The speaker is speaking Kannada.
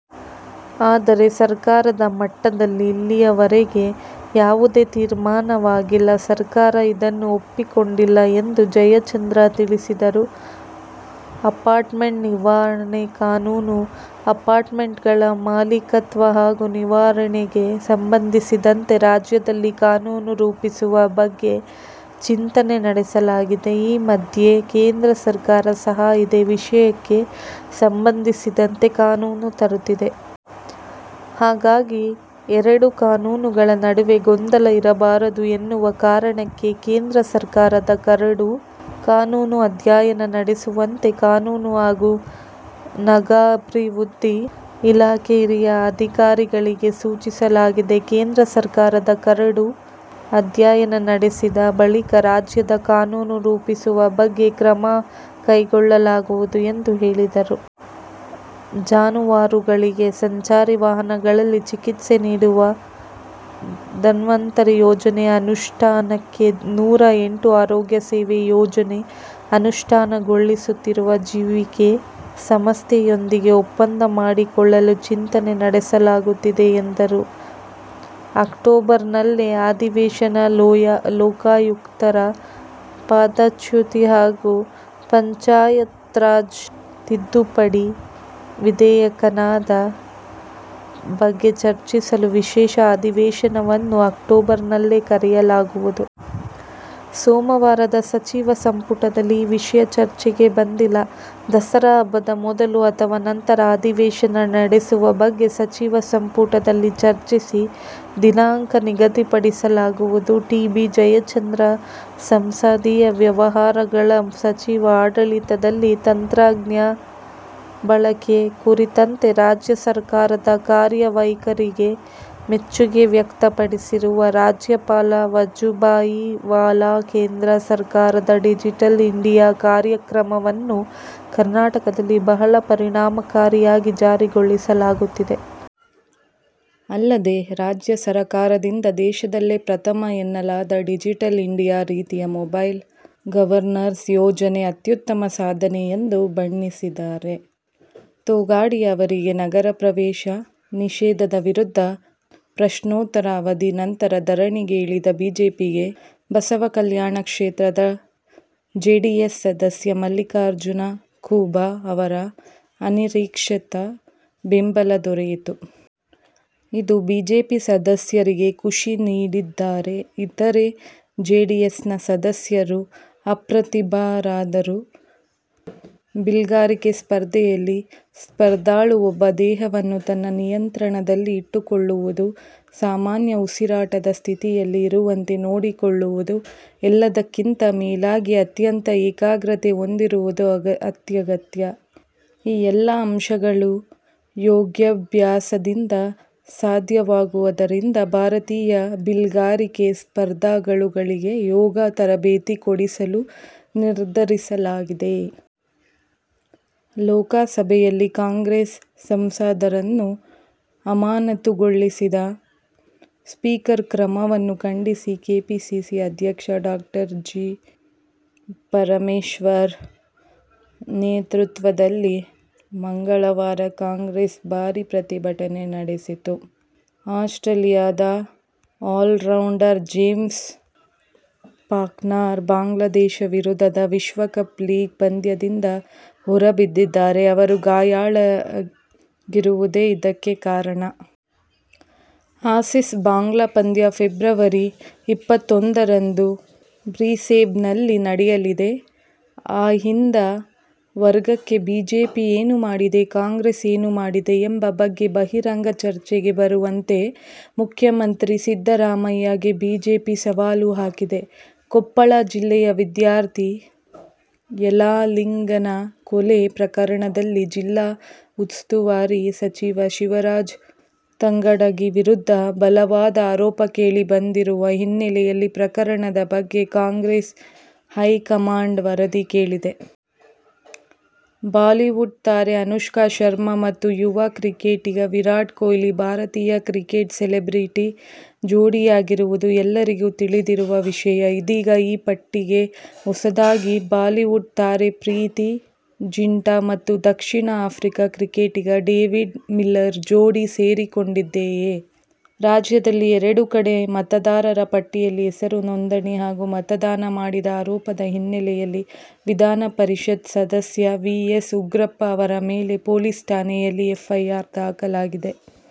ಆದರೆ, ಸರ್ಕಾರದ ಮಟ್ಟದಲ್ಲಿ ಇಲ್ಲಿವರೆಗೆ ಯಾವುದೇ ತೀರ್ಮಾನವಾಗಿಲ್ಲ. ಸರ್ಕಾರ ಇದನ್ನು ಒಪ್ಪಿಕೊಂಡಿಲ್ಲ ಎಂದು ಜಯಚಂದ್ರ ತಿಳಿಸಿದರು. ಅಪಾರ್ಟ್ಮೆಂಟ್ ನಿರ್ವಹಣೆ ಕಾನೂನು:ಅಪಾರ್ಟ್ಮೆಂಟ್ಗಳ ಮಾಲೀಕತ್ವ ಹಾಗೂ ನಿರ್ವಹಣೆಗೆ ಸಂಬಂಧಿಸಿದಂತೆ ರಾಜ್ಯದಲ್ಲಿ ಕಾನೂನು ರೂಪಿಸುವ ಬಗ್ಗೆ ಚಿಂತನೆ ನಡೆಸಲಾಗಿದೆ. ಈ ಮಧ್ಯೆ ಕೇಂದ್ರ ಸರ್ಕಾರ ಸಹ ಇದೇ ವಿಷಯಕ್ಕೆ ಸಂಬಂಧಿಸಿದಂತೆ ಕಾನೂನು ತರುತ್ತಿದೆ. ಹಾಗಾಗಿ ಎರಡೂ ಕಾನೂನುಗಳ ನಡುವೆ ಗೊಂದಲ ಇರಬಾರದು ಎನ್ನುವ ಕಾರಣಕ್ಕೆ ಕೇಂದ್ರ ಸರ್ಕಾರದ ಕರಡು ಕಾನೂನು ಅಧ್ಯಯನ ನಡೆಸುವಂತೆ ಕಾನೂನು ಹಾಗೂ ನಗರಾಭಿವೃದ್ಧಿ ಇಲಾಖೆ ಹಿರಿಯ ಅಧಿಕಾರಿಗಳಿಗೆ ಸೂಚಿಸಲಾಗಿದೆ. ಕೇಂದ್ರ ಸರ್ಕಾರದ ಕರಡು ಅಧ್ಯಯನ ನಡೆಸಿದ ಬಳಿಕ ರಾಜ್ಯದ ಕಾನೂನು ರೂಪಿಸುವ ಬಗ್ಗೆ ಕ್ರಮ ಕೈಗೊಳ್ಳಲಾಗುವುದು ಎಂದು ಹೇಳಿದರು. ಜಾನುವಾರುಗಳಿಗೆ ಸಂಚಾರಿ ವಾಹನಗಳಲ್ಲಿ ಚಿಕಿತ್ಸೆ ನೀಡುವ "ಧನ್ವಂತರಿ' ಯೋಜನೆ ಅನುಷ್ಠಾನಕ್ಕೆ ನೂರ ಎಂಟು ಆರೋಗ್ಯ ಸೇವೆ ಯೋಜನೆ ಅನುಷ್ಠಾನಗೊಳಿಸುತ್ತಿರುವ ಜಿವಿಕೆ ಸಂಸ್ಥೆಯೊಂದಿಗೆ ಒಪ್ಪಂದ ಮಾಡಿಕೊಳ್ಳಲು ಚಿಂತನೆ ನಡೆಸಲಾಗುತ್ತಿದೆ ಎಂದರು. ಅಕ್ಟೋಬರ್ನಲ್ಲೇ ಅಧಿವೇಶನಲೋಕಾಯುಕ್ತರ ಪದಚ್ಯುತಿ ಹಾಗೂ ಪಂಚಾಯತ್ರಾಜ್ ತಿದ್ದುಪಡಿ ವಿಧೇಯಕದ ಬಗ್ಗೆ ಚರ್ಚಿಸಲು ವಿಶೇಷ ಅಧಿವೇಶನವನ್ನು ಅಕ್ಟೋಬರ್ನಲ್ಲೇ ಕರೆಯಲಾಗುವುದು. ಸೋಮವಾರದ ಸಚಿವ ಸಂಪುಟದಲ್ಲಿ ಈ ವಿಷಯ ಚರ್ಚೆಗೆ ಬಂದಿಲ್ಲ. ದಸರಾ ಹಬ್ಬದ ಮೊದಲು ಅಥವಾ ನಂತರ ಅಧಿವೇಶನ ನಡೆಸುವ ಬಗ್ಗೆ ಸಚಿವ ಸಂಪುಟದಲ್ಲಿ ಚರ್ಚಿಸಿ ದಿನಾಂಕ ನಿಗದಿಪಡಿಸಲಾಗುವುದು. ಟಿ. ಬಿ. ಜಯಚಂದ್ರ, ಸಂಸದೀಯ ವ್ಯವಹಾರಗಳ ಸಚಿವ ಆಡಳಿತದಲ್ಲಿ ತಂತ್ರಜ್ಞಾನ ಬಳಕೆ ಕುರಿತಂತೆ ರಾಜ್ಯ ಸರಕಾರದ ಕಾರ್ಯವೈಖರಿಗೆ ಮೆಚ್ಚುಗೆ ವ್ಯಕ್ತಪಡಿಸಿರುವ ರಾಜ್ಯಪಾಲ ವಜುಭಾಯಿ ವಾಲಾ, ಕೇಂದ್ರ ಸರಕಾರದ ಡಿಜಿಟಲ್ ಇಂಡಿಯಾ' ಕಾರ್ಯಕ್ರಮವನ್ನು ಕರ್ನಾಟಕದಲ್ಲಿ ಬಹಳ ಪರಿಣಾಮಕಾರಿಯಾಗಿ ಜಾರಿಗೊಳಿಸಲಾಗುತ್ತಿದೆ. ಅಲ್ಲದೆ, ರಾಜ್ಯ ಸರಕಾರದಿಂದ ದೇಶದಲ್ಲೇ ಪ್ರಥಮ ಎನ್ನಲಾದ ಡಿಜಿಟಲ್ ಇಂಡಿಯಾ ರೀತಿಯ ಮೊಬೈಲ್ ಗವರ್ನನ್ಸ್' ಯೋಜನೆ ಅತ್ಯುತ್ತಮ ಸಾಧನೆ ಎಂದು ಬಣ್ಣಿಸಿದ್ದಾರೆ. ತೊಗಾಡಿಯಾ ಅವರಿಗೆ ನಗರ ಪ್ರವೇಶ ನಿಷೇಧದ ವಿರುದ್ಧ ಪ್ರಶ್ನೋತ್ತರ ಅವಧಿ ನಂತರ ಧರಣಿಗೆ ಇಳಿದ ಬಿಜೆಪಿಗೆ ಬಸವಕಲ್ಯಾಣ ಕ್ಷೇತ್ರದ ಜೆಡಿಎಸ್ ಸದಸ್ಯ ಮಲ್ಲಿಕಾರ್ಜುನ ಖೂಬಾ ಅವರ ಅನಿರೀಕ್ಷಿತ ಬೆಂಬಲ ದೊರೆಯಿತು. ಇದು ಬಿಜೆಪಿ ಸದಸ್ಯರಿಗೆ ಖುಷಿ ನೀಡಿದರೆ, ಇತರೆ, ಜೆಡಿಎಸ್ನ ಸದಸ್ಯರು ಅಪ್ರತಿಭರಾದರು. ಬಿಲ್ಗಾರಿಕೆ ಸ್ಪರ್ಧೆಯಲ್ಲಿ ಸ್ಪರ್ಧಾಳುವೊಬ್ಬ ದೇಹವನ್ನು ತನ್ನ ನಿಯಂತ್ರಣದಲ್ಲಿ ಇಟ್ಟುಕೊಳ್ಳುವುದು, ಸಾಮಾನ್ಯ ಉಸಿರಾಟದ ಸ್ಥಿತಿಯಲ್ಲಿ ಇರುವಂತೆ ನೋಡಿಕೊಳ್ಳುವುದು ಎಲ್ಲದಕ್ಕಿಂತ ಮೇಲಾಗಿ ಅತ್ಯಂತ ಏಕಾಗ್ರತೆ ಹೊಂದಿರುವುದು ಅತ್ಯಗತ್ಯ. ಈ ಎಲ್ಲಾ ಅಂಶಗಳು ಯೋಗಾಭ್ಯಾಸದಿಂದ ಸಾಧ್ಯವಾಗುವುದರಿಂದ, ಭಾರತೀಯ ಬಿಲ್ಗಾರಿಕೆ ಸ್ಪರ್ಧಾಗಳುಗಳಿಗೆ ಯೋಗ ತರಬೇತಿ ಕೊಡಿಸಲು ನಿರ್ಧರಿಸಲಾಗಿದೆ. ಲೋಕಸಭೆಯಲ್ಲಿ ಕಾಂಗ್ರೆಸ್ ಸಂಸದರನ್ನು ಅಮಾನತು ಗೊಳಿಸಿದ ಸ್ಪೀಕರ್ ಕ್ರಮವನ್ನು ಖಂಡಿಸಿ ಕೆಪಿಸಿಸಿ ಅಧ್ಯಕ್ಷ ಡಾ. ಜಿ. ಪರಮೇಶ್ವರ್ ನೇತೃತ್ವದಲ್ಲಿ ಮಂಗಳವಾರ ಕಾಂಗ್ರೆಸ್ ಭಾರಿ ಪ್ರತಿಭಟನೆ ನಡೆಸಿತು. ಆಸ್ಟ್ರೇಲಿಯದ ಆಲ್ರೌಂಡರ್ ಜೇಮ್ಸ್ ಫಾಕ್ನರ್ ಬಾಂಗ್ಲಾದೇಶ ವಿರುದ್ಧದ ವಿಶ್ವಕಪ್ ಲೀಗ್ ಪಂದ್ಯದಿಂದ ಹೊರಬಿದ್ದಿದ್ದಾರೆ. ಅವರು ಗಾಯಾಳಾಗಿರುವುದೇ ಇದಕ್ಕೆ ಕಾರಣ. ಆಸೀಸ್-ಬಾಂಗ್ಲಾ ಪಂದ್ಯ ಫೆಬ್ರವರಿ ಇಪ್ಪತ್ತೊಂದರಂದು ಬ್ರಿಸ್ಬೇನ್ನಲ್ಲಿ ನಡೆಯಲಿದೆ. ಅಹಿಂದ ವರ್ಗಕ್ಕೆ ಬಿಜೆಪಿ ಏನು ಮಾಡಿದೆ, ಕಾಂಗ್ರೆಸ್ ಏನು ಮಾಡಿದೆ ಎಂಬ ಬಗ್ಗೆ ಬಹಿರಂಗ ಚರ್ಚೆಗೆ ಬರುವಂತೆ ಮುಖ್ಯಮಂತ್ರಿ ಸಿದ್ದರಾಮಯ್ಯ ಗೆ ಬಿಜೆಪಿ ಸವಾಲು ಹಾಕಿದೆ. ಕೊಪ್ಪಳ ಜಿಲ್ಲೆಯ ವಿದ್ಯಾರ್ಥಿ ಯಲ್ಲಾಲಿಂಗನ ಕೊಲೆ ಪ್ರಕರಣದಲ್ಲಿ ಜಿಲ್ಲಾ ಉಸ್ತುವಾರಿ ಸಚಿವ ಶಿವರಾಜ್ ತಂಗಡಗಿ ವಿರುದ್ಧ ಬಲ ವಾದ ಆರೋಪ ಕೇಳಿ ಬಂದಿರುವ ಹಿನ್ನೆಲೆಯಲ್ಲಿ ಪ್ರಕರಣದ ಬಗ್ಗೆ ಕಾಂಗ್ರೆಸ್ ಹೈಕಮಾಂಡ್ ವರದಿ ಕೇಳಿದೆ. ಬಾಲಿವುಡ್ ತಾರೆ ಅನುಷ್ಕಾ ಶರ್ಮಾ ಮತ್ತು ಯುವ ಕ್ರಿಕೆಟಿಗ ವಿರಾಟ್ ಕೊಹ್ಲಿ ಭಾರತೀಯ ಕ್ರಿಕೆಟ್ ಸೆಲೆಬ್ರಿಟಿ ಜೋಡಿಯಾಗಿರುವುದು ಎಲ್ಲರಿಗೂ ತಿಳಿದಿರುವ ವಿಷಯ. ಇದೀಗ ಈ ಪಟ್ಟಿಗೆ ಹೊಸದಾಗಿ ಬಾಲಿವುಡ್ ತಾರೆ ಪ್ರೀತಿ ಝಿಂಟಾ ಮತ್ತು ದಕ್ಷಿಣ ಆಫ್ರಿಕ ಕ್ರಿಕೆಟಿಗ ಡೇವಿಡ್ ಮಿಲ್ಲರ್ ಜೋಡಿ ಸೇರಿಕೊಂಡಿದೆಯೇ. ರಾಜ್ಯದಲ್ಲಿ ಎರಡು ಕಡೆ ಮತದಾರರ ಪಟ್ಟಿಯಲ್ಲಿ ಹೆಸರು ನೋಂದಣಿ ಹಾಗೂ ಮತದಾನ ಮಾಡಿದ ಆರೋಪದ ಹಿನ್ನೆಲೆಯಲ್ಲಿ ವಿಧಾನಪರಿಷತ್ ಸದಸ್ಯ ವಿ. ಎಸ್. ಉಗ್ರಪ್ಪ ಅವರ ಮೇಲೆ ಪೊಲೀಸ್ ಠಾಣೆಯಲ್ಲಿ ಎಫ್ಐಆರ್ ದಾಖಲಾಗಿದೆ.